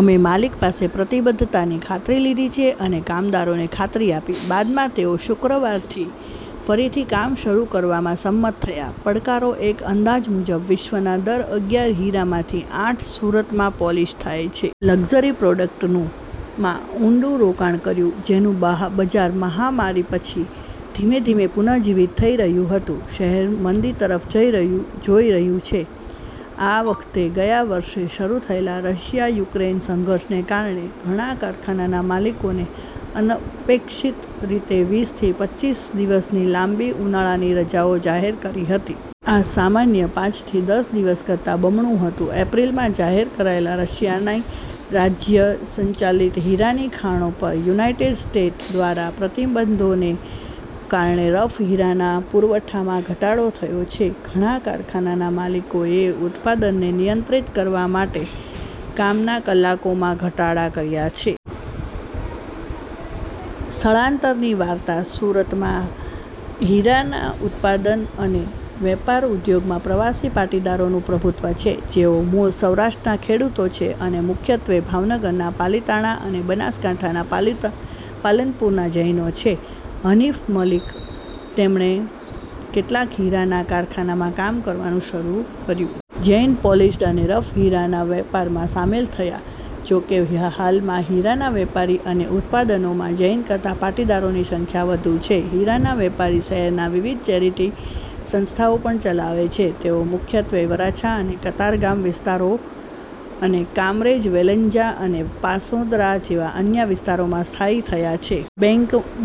અમે માલિક પાસે પ્રતિબદ્ધતાની ખાતરી લીધી અને કામદારોને ખાતરી આપી. બાદમાં તેઓ શુક્રવાર સવારથી ફરીથી કામ શરૂ કરવા સંમત થયા. પડકારો એક અંદાજ મુજબ, વિશ્વના દર અગીયાર હીરામાંથી આઠ સુરતમાં પોલિશ થાય છે. લક્ઝરી પ્રોડક્ટમાં ઊંડું રોકાણ કર્યું, જેનું બજાર મહામારી પછી ધીમે ધીમે પુનઃજીવિત થઈ રહ્યું હતું, શહેર મંદી તરફ જોઈ રહ્યું છે, આ વખતે ગયા વર્ષે શરૂ થયેલા રશિયા-યુક્રેન સંઘર્ષને કારણે, ઘણા કારખાનાના માલિકોએ અનપેક્ષિત રીતે વીસ થી પચ્ચીસ દિવસની લાંબી ઉનાળાની રજાઓ જાહેર કરી હતી. આ સામાન્ય પાંચ થી દસ દિવસ કરતાં બમણું હતું. એપ્રિલમાં જાહેર કરાયેલા રશિયાની રાજ્ય સંચાલિત હીરાની ખાણો પર યુનાઇટેડ સ્ટેટ્સ દ્વારા પ્રતિબંધોને કારણે રફ હીરાના પુરવઠામાં ઘટાડો થયો છે, ઘણા કારખાનાના માલિકોએ ઉત્પાદનને નિયંત્રિત કરવા માટે કામના કલાકોમાં ઘટાડો કર્યો છે. સ્થળાંતરની વાર્તા, સુરતમાં હીરાના ઉત્પાદન અને વેપાર ઉદ્યોગમાં પ્રવાસી પાટીદારોનું પ્રભુત્વ છે, જેઓ મૂળ સૌરાષ્ટ્રના ખેડૂતો છે અને મુખ્યત્વે ભાવનગરના પાલિતાણા અને બનાસકાંઠાના પાલનપુરના જૈનો છે. હનિફ મલિક તેમણે કેટલાક હીરાના કારખાનામાં કામ કરવાનું શરૂ કર્યું. જૈન પોલિશ્ડ અને રફ હીરાના વેપારમાં સામેલ થયા. જો કે હાલમાં હીરાના વેપાર અને ઉત્પાદનમાં જૈનો કરતાં પાટીદારોની સંખ્યા વધુ છે. હીરાના વેપારી શહેરમાં વિવિધ ચેરીટી સંસ્થાઓ પણ ચલાવે છે. " તેઓ મુખ્યત્વે વરાછા અને કતારગામ વિસ્તારો અને કામરેજ, વેલંજા અને પાસોદરા જેવા અન્ય વિસ્તારોમાં સ્થાયી થયા છે.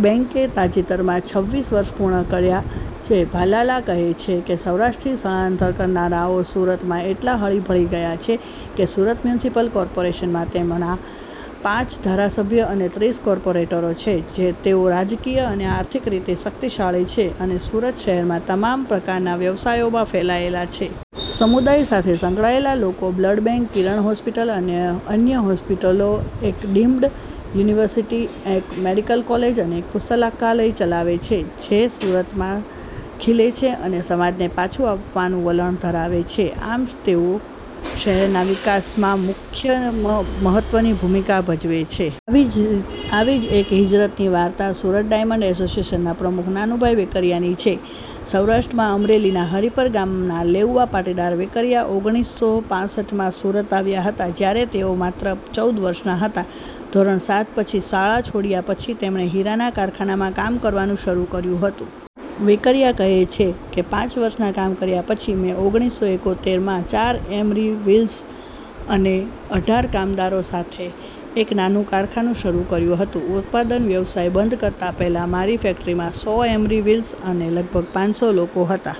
બેંકે તાજેતરમાં છવ્વીસ વર્ષ પૂર્ણ કર્યા છે. ભલ્લાલા કહે છે કે, સૌરાષ્ટ્રથી સ્થળાંતર કરનારાઓ "સુરતમાં એટલા હળીભળી ગયા છે કે, સુરત મ્યુનિસિપલ કોર્પોરેશનમાં તેમના પાંચ ધારાસભ્યો અને ત્રીસ કોર્પોરેટરો છે. " "તેઓ રાજકીય અને આર્થિક રીતે શક્તિશાળી છે અને સુરત શહેરમાં તમામ પ્રકારના વ્યવસાયોમાં ફેલાયેલા છે. સમુદાય સાથે સંકળાયેલા લોકો બ્લડ બેંક, કિરણ હોસ્પિટલ, અને અન્ય હોસ્પિટલો, એક ડીમ્ડ યુનિવર્સિટી, એક મેડિકલ કોલેજ અને એક પુસ્તકાલય ચલાવે છે. જે સુરત શહેરમાં ખીલે છે અને સમાજને પાછું આપવાનું વલણ ધરાવે છે, આમ તેઓ શહેરના વિકાસમાં મહત્વની ભૂમિકા ભજવે છે. " આવી જ એક હિજરતની વાર્તા સુરત ડાયમંડ એસોસિએશનના પ્રમુખ નાનુભાઈ વેકરિયાની છે. સૌરાષ્ટ્રના અમરેલીના હરીપર ગામના લેઉવા પાટીદાર વેકરિયા ઓગણીસસો પાંસઠમાં સુરત આવ્યા હતા, જ્યારે તેઓ માત્ર ચૌદ વર્ષના હતા. ધોરણ સાત પછી શાળા છોડ્યા પછી, તેમણે હીરાના કારખાનામાં કામ કરવાનું શરૂ કર્યું. વેકરિયા કહે છે કે, પાંચ વર્ષ કામ કર્યા પછી, મેં ઓગણીસસો એકોતેરમાં ચાર એમરી વ્હીલ્સ અને અઢાર કામદારો સાથે એક નાનું કારખાનું શરૂ કર્યું. ઉત્પાદન વ્યવસાય બંધ કરતા પહેલા, મારી ફેક્ટરીમાં સો એમરી વ્હીલ્સ અને લગભગ પાંચ સો લોકો હતા.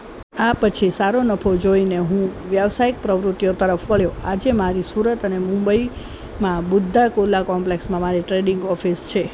આ પછી સારો નફો જોઈને હું વ્યવસાયિક પ્રવૃત્તિઓ તરફ વળ્યો. આજે મારી સુરત અને મુંબઈમાં બાંદ્રા કુર્લા કોમ્પ્લેક્સમાં મારી ટ્રેડિંગ ઓફિસ છે.